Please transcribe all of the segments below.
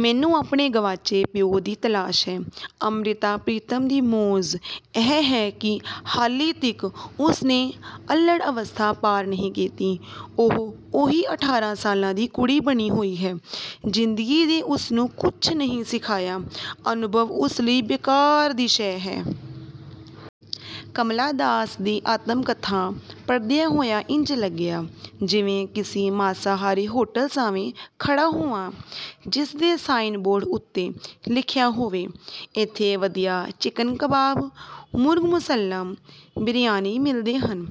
ਮੈਨੂੰ ਆਪਣੇ ਗਵਾਚੇ ਪਿਉ ਦੀ ਤਲਾਸ਼ ਹੈ। ' ਅੰਮ੍ਰਿਤਾ ਪ੍ਰੀਤਮ ਦੀ ਮੌਜ਼ ਇਹ ਹੈ ਕਿ ਹਾਲੇ ਤੀਕ ਉਸਨੇ ਅੱਲ੍ਹੜ ਅਵਸਥਾ ਪਾਰ ਨਹੀਂ ਕੀਤੀ। ਉਹ ਉਹੀ ਅਠਾਂਰ੍ਹਾਂ ਸਾਲਾਂ ਦੀ ਕੁੜੀ ਬਣੀ ਹੋਈ ਹੈ। ਜ਼ਿੰਦਗੀ ਨੇ ਉਸਨੂੰ ਕੁਝ ਨਹੀਂ ਸਿਖਾਇਆ, ਅਨੁਭਵ ਉਸ ਲਈ ਬੇਕਾਰ ਦੀ ਸ਼ੈ ਹੈ। ਕਮਲਾ ਦਾਸ ਦੀ ਆਤਮ-ਕਥਾ ਪੜ੍ਹਦਿਆਂ ਹੋਇਆਂ ਇੰਜ ਲੱਗਿਆ, ਜਿਵੇਂ ਕਿਸੇ ਮਾਸਾਹਾਰੀ ਹੋਟਲ ਸਾਹਵੇਂ ਖੜ੍ਹਾ ਹੋਵਾਂ, ਜਿਸਦੇ ਸਾਈਨ ਬੋਰਡ ਉੱਤੇ ਲਿਖਿਆ ਹੋਵੇ: ਇੱਥੇ ਵਧੀਆ ਚਿਕਨ-ਕਬਾਬ, ਮੁਰਗ-ਮੁਸੱਲਮ, ਬਿਰਿਆਨੀ ਮਿਲਦੇ ਹਨ।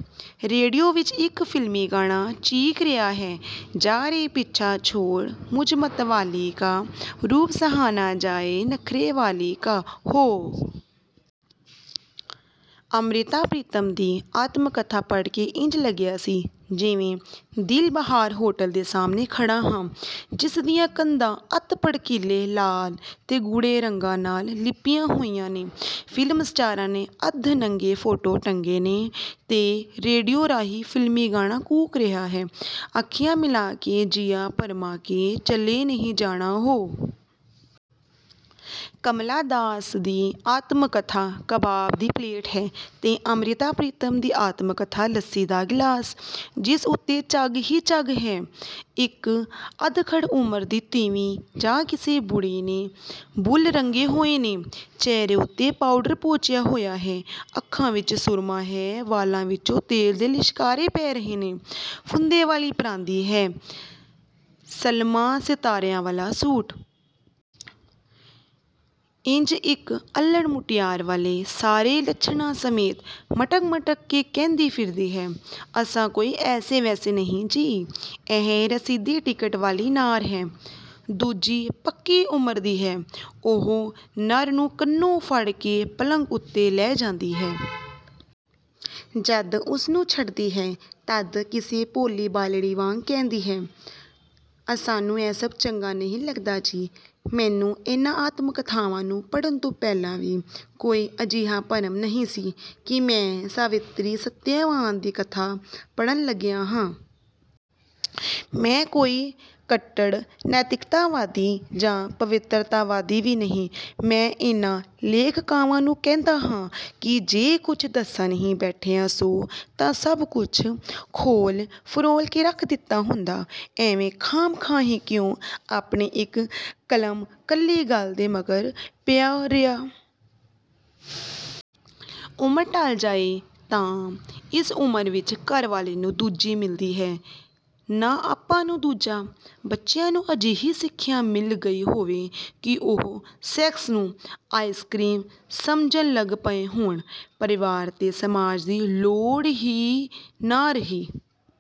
ਰੇਡੀਓ ਵਿਚ ਇਕ ਫਿਲਮੀ ਗਾਣਾ ਚੀਕ ਰਿਹਾ ਹੈ 'ਜਾ ਰੇ ਪੀਛਾ ਛੋੜ ਮੁਝ ਮਤਵਾਲੀ ਕਾ, ਰੂਪ ਸਹਾ ਨਾ ਜਾਏ ਨਖ਼ਰੇ ਵਾਲੀ ਕਾ-ਹੋਅ! ' ਅੰਮ੍ਰਿਤਾ ਪ੍ਰੀਤਮ ਦੀ ਆਤਮ-ਕਥਾ ਪੜ੍ਹ ਕੇ ਇੰਜ ਲੱਗਿਆ ਸੀ, ਜਿਵੇ ਦਿਲਬਹਾਰ ਹੋਟਲ ਸਾਹਮਣੇ ਖੜ੍ਹਾ ਹਾਂ, ਜਿਸ ਦੀਆਂ ਕੰਧਾਂ ਅੱਤ ਭੜਕੀਲੇ ਲਾਲ ਤੇ ਗੂੜ੍ਹੇ ਹਰੇ ਰੰਗਾਂ ਨਾਲ ਲਿੱਪੀਆਂ ਹੋਈਆਂ ਨੇ, ਫਿਲਮ ਸਟਾਰਾਂ ਦੇ ਅੱਧਨੰਗੇ ਫੋਟੋ ਟੰਗੇ ਨੇ, ਤੇ ਰੇਡੀਓ ਰਾਹੀਂ ਫਿਲਮੀ ਗਾਣਾ ਕੂਕ ਰਿਹਾ ਹੈ 'ਅੱਖੀਆਂ ਮਿਲਾ ਕੇ ਜੀਆ ਭਰਮਾ ਕੇ, ਚਲੇ ਨਹੀਂ ਜਾਨਾ ਹੋਅ! ' ਕਮਲਾ ਦਾਸ ਦੀ ਆਤਮ ਕਥਾ-ਕਬਾਬ ਦੀ ਪਲੇਟ ਹੈ। ਤੇ ਅੰਮ੍ਰਿਤਾ ਪ੍ਰੀਤਮ ਦੀ ਆਤਮ-ਕਥਾ ਲੱਸੀ ਦਾ ਗਿਲਾਸ, ਜਿਸ ਉੱਤੇ ਝੱਗ ਹੀ ਝੱਗ ਹੈ। ਇਕ ਅੱਧਖੜ ਉਮਰ ਦੀ ਤੀਵੀਂ ਜਾਂ ਕਿਸੇ ਬੁੱਢੀ ਨੇ ਬੁੱਲ੍ਹ ਰੰਗੇ ਹੋਏ ਨੇ, ਚਿਹਰੇ ਉੱਤੇ ਪਾਊਡਰ ਪੋਚਿਆ ਹੋਇਆ ਹੈ, ਅੱਖਾਂ ਵਿਚ ਸੁਰਮਾ ਹੈ, ਵਾਲਾਂ ਵਿਚੋਂ ਤੇਲ ਦੇ ਲਿਸ਼ਕਾਰੇ ਪੈ ਰਹੇ ਨੇ, ਫੁੰਦੇ ਵਾਲੀ ਪਰਾਂਦੀ ਹੈ, ਸਲਮਾ-ਸਿਤਾਰਿਆਂ ਵਾਲਾ ਸੂਟ। ਇੰਜ ਇਕ ਅੱਲ੍ਹੜ ਮੁਟਿਆਰ ਵਾਲੇ ਸਾਰੇ ਲੱਛਣਾ ਸਮੇਤ, ਮਟਕ-ਮਟਕ ਕੇ ਕਹਿੰਦੀ ਫਿਰਦੀ ਹੈ 'ਅਸਾਂ ਕੋਈ ਐਸੇ-ਵੈਸੇ ਨਹੀਂ ਜੀ। ' ਇਹ 'ਰਸੀਦੀ ਟਿਕਟ' ਵਾਲੀ ਨਾਰ ਹੈ। ਦੂਜੀ ਪੱਕੀ ਉਮਰ ਦੀ ਹੈ: ਉਹ ਨਰ ਨੂੰ ਕੰਨੋਂ ਫੜ੍ਹ ਕੇ ਪਲੰਘ ਉੱਤੇ ਲੈ ਜਾਂਦੀ ਹੈ। ਜਦ ਉਸਨੂੰ ਛੱਡਦੀ ਹੈ, ਤਦ ਕਿਸੇ ਭੋਲੀ ਬਾਲੜੀ ਵਾਂਗ ਕਹਿੰਦੀ ਹੈ 'ਅਸਾਨੂੰ ਇਹ ਸਭ ਚੰਗਾ ਨਹੀਂ ਲੱਗਦਾ ਜੀ। ' ਮੈਨੂੰ ਇਹਨਾਂ ਆਤਮ-ਕਥਾਵਾਂ ਨੂੰ ਪੜ੍ਹਨ ਤੋਂ ਪਹਿਲਾਂ ਵੀ ਕੋਈ ਅਜਿਹਾ ਭਰਮ ਨਹੀਂ ਸੀ ਕਿ ਮੈਂ ਸਾਵਿੱਤਰੀ-ਸਤਿਆਵਾਨ ਦੀ ਕਥਾ ਪੜ੍ਹਨ ਲੱਗਿਆ ਹਾਂ। ਮੈਂ ਕੋਈ ਕੱਟੜ ਨੈਤਿਕਤਾਵਾਦੀ ਜਾਂ ਪਵਿੱਤਰਤਾਵਾਦੀ ਵੀ ਨਹੀਂ। ਮੈਂ ਇਹਨਾਂ ਲੇਖਕਾਵਾਂ ਨੂੰ ਕਹਿੰਦਾ ਹਾਂ ਕਿ ਜੇ ਕੁਝ ਦੱਸਣ ਹੀ ਬੈਠੀਆਂ ਸੌ ਤਾਂ ਸਭ ਕੁਝ ਖੋਹਲ-ਫਰੋਲ ਕੇ ਰੱਖ ਦਿੱਤਾ ਹੁੰਦਾ, ਐਵੇਂ, ਖਾਹਮਖਾਹ ਹੀ ਕਿਉਂ ਆਪਣੀ ਇਕ 'ਕੱਲਮ-'ਕੱਲੀ ਗੱਲ ਦੇ ਮਗਰ ਪੇਆ ਰੇਆ। ਉਮਰ ਢਲ ਜਾਏ ਤਾਂ ਨਾ ਇਸ ਉਮਰ ਵਿਚ ਘਰਵਾਲੇ ਨੂੰ ਦੂਜੀ ਮਿਲਦੀ ਹੈ, ਨਾ ਆਪਾਂ ਨੂੰ ਦੂਜਾ। ਬੱਚਿਆਂ ਨੂੰ ਅਜਿਹੀ ਸਿਖਿਆ ਮਿਲ ਗਈ ਹੋਵੇ ਕਿ ਉਹ 'ਸੈਕਸ' ਨੂੰ ਆਈਸਕਰੀਮ ਸਮਝਣ ਲੱਗ ਪਏ ਹੋਣ। ਪਰਿਵਾਰ ਤੇ ਸਮਾਜ ਦੀ ਲੋੜ ਹੀ ਨਾ ਰਹੀ।